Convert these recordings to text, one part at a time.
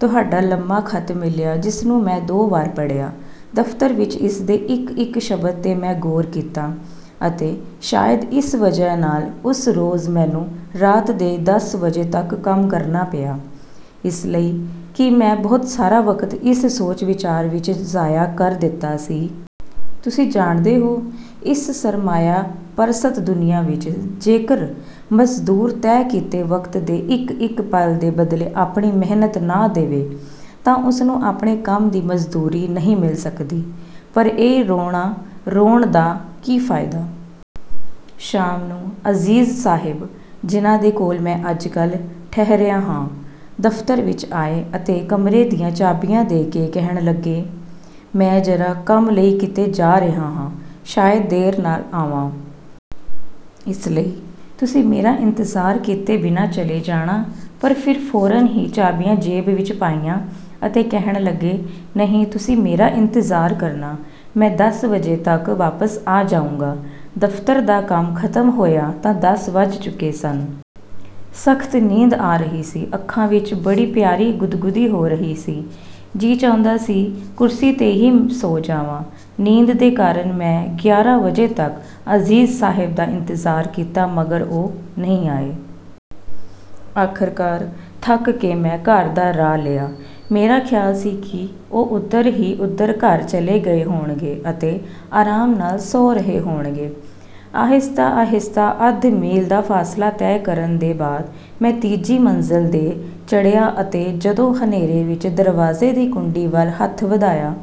ਤੁਹਾਡਾ ਲੰਮਾ ਖ਼ਤ ਮਿਲਿਆ ਜਿਸ ਨੂੰ ਮੈਂ ਦੋ ਵਾਰ ਪੜ੍ਹਿਆ। ਦਫ਼ਤਰ ਵਿੱਚ ਇਸਦੇ ਇੱਕ-ਇੱਕ ਸ਼ਬਦ ਤੇ ਮੈਂ ਗ਼ੌਰ ਕੀਤਾ ਅਤੇ ਸ਼ਾਇਦ ਇਸ ਵਜ੍ਹਾ ਨਾਲ਼ ਉਸ ਰੋਜ਼ ਮੈਨੂੰ ਰਾਤ ਦੇ ਦਸ ਵਜੇ ਤੱਕ ਕੰਮ ਕਰਨਾ ਪਿਆ, ਇਸ ਲਈ ਕਿ ਮੈਂ ਬਹੁਤ ਸਾਰਾ ਵਕਤ ਇਸ ਸੋਚ-ਵਿਚਾਰ ਵਿੱਚ ਜ਼ਾਇਆ ਕਰ ਦਿੱਤਾ ਸੀ। ਤੁਸੀਂ ਜਾਣਦੇ ਹੋ ਇਸ ਸਰਮਾਇਆ ਪਰਸਤ ਦੁਨੀਆ ਵਿੱਚ ਜੇਕਰ ਮਜ਼ਦੂਰ ਤੈਅ ਕੀਤੇ ਵਕਤ ਦੇ ਇੱਕ ਇੱਕ ਪਲ ਦੇ ਬਦਲੇ ਆਪਣੀ ਮਿਹਨਤ ਨਾ ਦੇਵੇ ਤਾਂ ਉਸਨੂੰ ਆਪਣੇ ਕੰਮ ਦੀ ਮਜ਼ਦੂਰੀ ਨਹੀਂ ਮਿਲ ਸਕਦੀ, ਪਰ ਇਹ ਰੋਣਾ ਰੋਣ ਦਾ ਕੀ ਫਾਇਦਾ? ਸ਼ਾਮ ਨੂੰ ਅਜ਼ੀਜ਼ ਸਾਹਿਬ, ਜਿਨ੍ਹਾਂ ਦੇ ਕੋਲ ਮੈਂ ਅੱਜ-ਕੱਲ੍ਹ ਠਹਰਿਆ ਹਾਂ, ਦਫ਼ਤਰ ਵਿੱਚ ਆਏ ਅਤੇ ਕਮਰੇ ਦੀਆਂ ਚਾਬੀਆਂ ਦੇ ਕੇ ਕਹਿਣ ਲੱਗੇ, "ਮੈਂ ਜਰਾ ਕੰਮ ਲਈ ਕਿਤੇ ਜਾ ਰਿਹਾ ਹਾਂ। ਸ਼ਾਇਦ ਦੇਰ ਨਾਲ ਆਵਾਂ। ਇਸ ਲਈ ਤੁਸੀਂ ਮੇਰਾ ਇੰਤਜ਼ਾਰ ਕੀਤੇ ਬਿਨਾਂ ਚਲੇ ਜਾਣਾ।" ਪਰ ਫਿਰ ਫ਼ੌਰਨ ਹੀ ਚਾਬੀਆਂ ਜੇਬ ਵਿੱਚ ਪਾਈਆਂ ਅਤੇ ਕਹਿਣ ਲੱਗੇ, "ਨਹੀਂ, ਤੁਸੀਂ ਮੇਰਾ ਇੰਤਜ਼ਾਰ ਕਰਨਾ। ਮੈਂ ਦਸ ਵਜੇ ਤੱਕ ਵਾਪਸ ਆ ਜਾਊਂਗਾ।" ਦਫ਼ਤਰ ਦਾ ਕੰਮ ਖਤਮ ਹੋਇਆ ਤਾਂ ਦਸ ਵਜ ਚੁੱਕੇ ਸਨ। ਸਖ਼ਤ ਨੀਂਦ ਆ ਰਹੀ ਸੀ। ਅੱਖਾਂ ਵਿੱਚ ਬੜੀ ਪਿਆਰੀ ਗੁਦਗੁਦੀ ਹੋ ਰਹੀ ਸੀ। ਜੀ ਚਾਹੁੰਦਾ ਸੀ ਕੁਰਸੀ ਤੇ ਹੀ ਸੌਂ ਜਾਂਵਾਂ। ਨੀਂਦ ਦੇ ਕਾਰਨ ਮੈਂ ਗਿਆਰਾਂ ਵਜੇ ਤੱਕ ਅਜ਼ੀਜ਼ ਸਾਹਿਬ ਦਾ ਇੰਤਜ਼ਾਰ ਕੀਤਾ ਮਗਰ ਉਹ ਨਹੀਂ ਆਏ। ਆਖ਼ਰਕਾਰ ਥੱਕ ਕੇ ਮੈਂ ਘਰ ਦਾ ਰਾਹ ਲਿਆ। ਮੇਰਾ ਖ਼ਿਆਲ ਸੀ ਕਿ ਉਹ ਉੱਧਰ ਹੀ ਉੱਧਰ ਘਰ ਚਲੇ ਗਏ ਹੋਣਗੇ ਅਤੇ ਆਰਾਮ ਨਾਲ਼ ਸੌਂ ਰਹੇ ਹੋਣਗੇ। ਆਹਿਸਤਾ- ਆਹਿਸਤਾ ਅੱਧ ਮੀਲ ਦਾ ਫ਼ਾਸਲਾ ਤੈਅ ਕਰਨ ਦੇ ਬਾਅਦ ਮੈਂ ਤੀਜੀ ਮੰਜ਼ਿਲ ਤੇ ਚੜ੍ਹਿਆ ਅਤੇ ਜਦੋਂ ਹਨੇਰੇ ਵਿੱਚ ਦਰਵਾਜ਼ੇ ਦੀ ਕੁੰਡੀ ਵੱਲ ਹੱਥ ਵਧਾਇਆ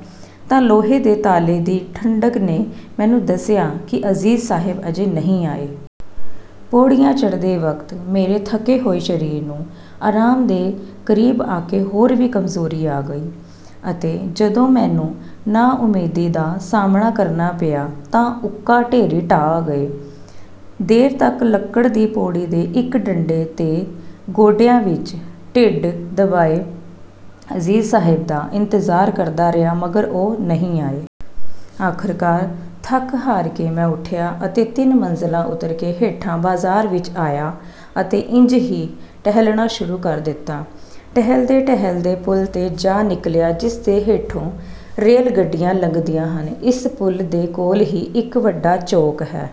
ਤਾਂ ਲੋਹੇ ਦੇ ਤਾਲੇ ਦੀ ਠੰਢਕ ਨੇ ਮੈਨੂੰ ਦੱਸਿਆ ਕਿ ਅਜ਼ੀਜ਼ ਸਾਹਿਬ ਅਜੇ ਨਹੀਂ ਆਏ। ਪੌੜੀਆਂ ਚੜ੍ਹਦੇ ਵਕਤ ਮੇਰੇ ਥਕੇ ਹੋਏ ਸ਼ਰੀਰ ਨੂੰ ਆਰਾਮ ਦੇ ਕਰੀਬ ਆਕੇ ਹੋਰ ਵੀ ਕਮਜ਼ੋਰੀ ਆ ਗਈ, ਅਤੇ ਜਦੋਂ ਮੈਨੂੰ ਨਾਉਮੀਦੀ ਦਾ ਸਾਹਮਣਾ ਕਰਨਾ ਪਿਆ ਤਾਂ ਉੱਕਾ ਢੇਰੀ ਢਾਹ ਗਏ। ਦੇਰ ਤੱਕ ਲੱਕੜ ਦੀ ਪੌੜੀ ਦੇ ਇੱਕ ਡੰਡੇ ਤੇ ਗੋਡਿਆਂ ਵਿੱਚ ਢਿੱਡ ਦਬਾਏ ਅਜ਼ੀਜ਼ ਸਾਹਿਬ ਦਾ ਇੰਤਜ਼ਾਰ ਕਰਦਾ ਰਿਹਾ ਮਗਰ ਉਹ ਨਹੀਂ ਆਏ। ਆਖ਼ਰਕਾਰ ਥੱਕ-ਹਾਰ ਕੇ ਮੈਂ ਉਠਿਆ ਅਤੇ ਤਿੰਨ ਮੰਜ਼ਲਾਂ ਉੱਤਰ ਕੇ ਹੇਠਾਂ ਬਾਜ਼ਾਰ ਵਿੱਚ ਆਇਆ ਅਤੇ ਇੰਜ ਹੀ ਟਹਿਲਣਾ ਸ਼ੁਰੂ ਕਰ ਦਿੱਤਾ। ਟਹਿਲਦੇ-ਟਹਿਲਦੇ ਪੁੱਲ ਤੇ ਜਾ ਨਿਕਲਿਆ ਜਿਸਦੇ ਹੇਠੋਂ ਰੇਲ ਗੱਡੀਆਂ ਲੰਘਦੀਆਂ ਹਨ। ਇਸ ਪੁਲ ਦੇ ਕੋਲ਼ ਹੀ ਇੱਕ ਵੱਡਾ ਚੌਕ ਹੈ।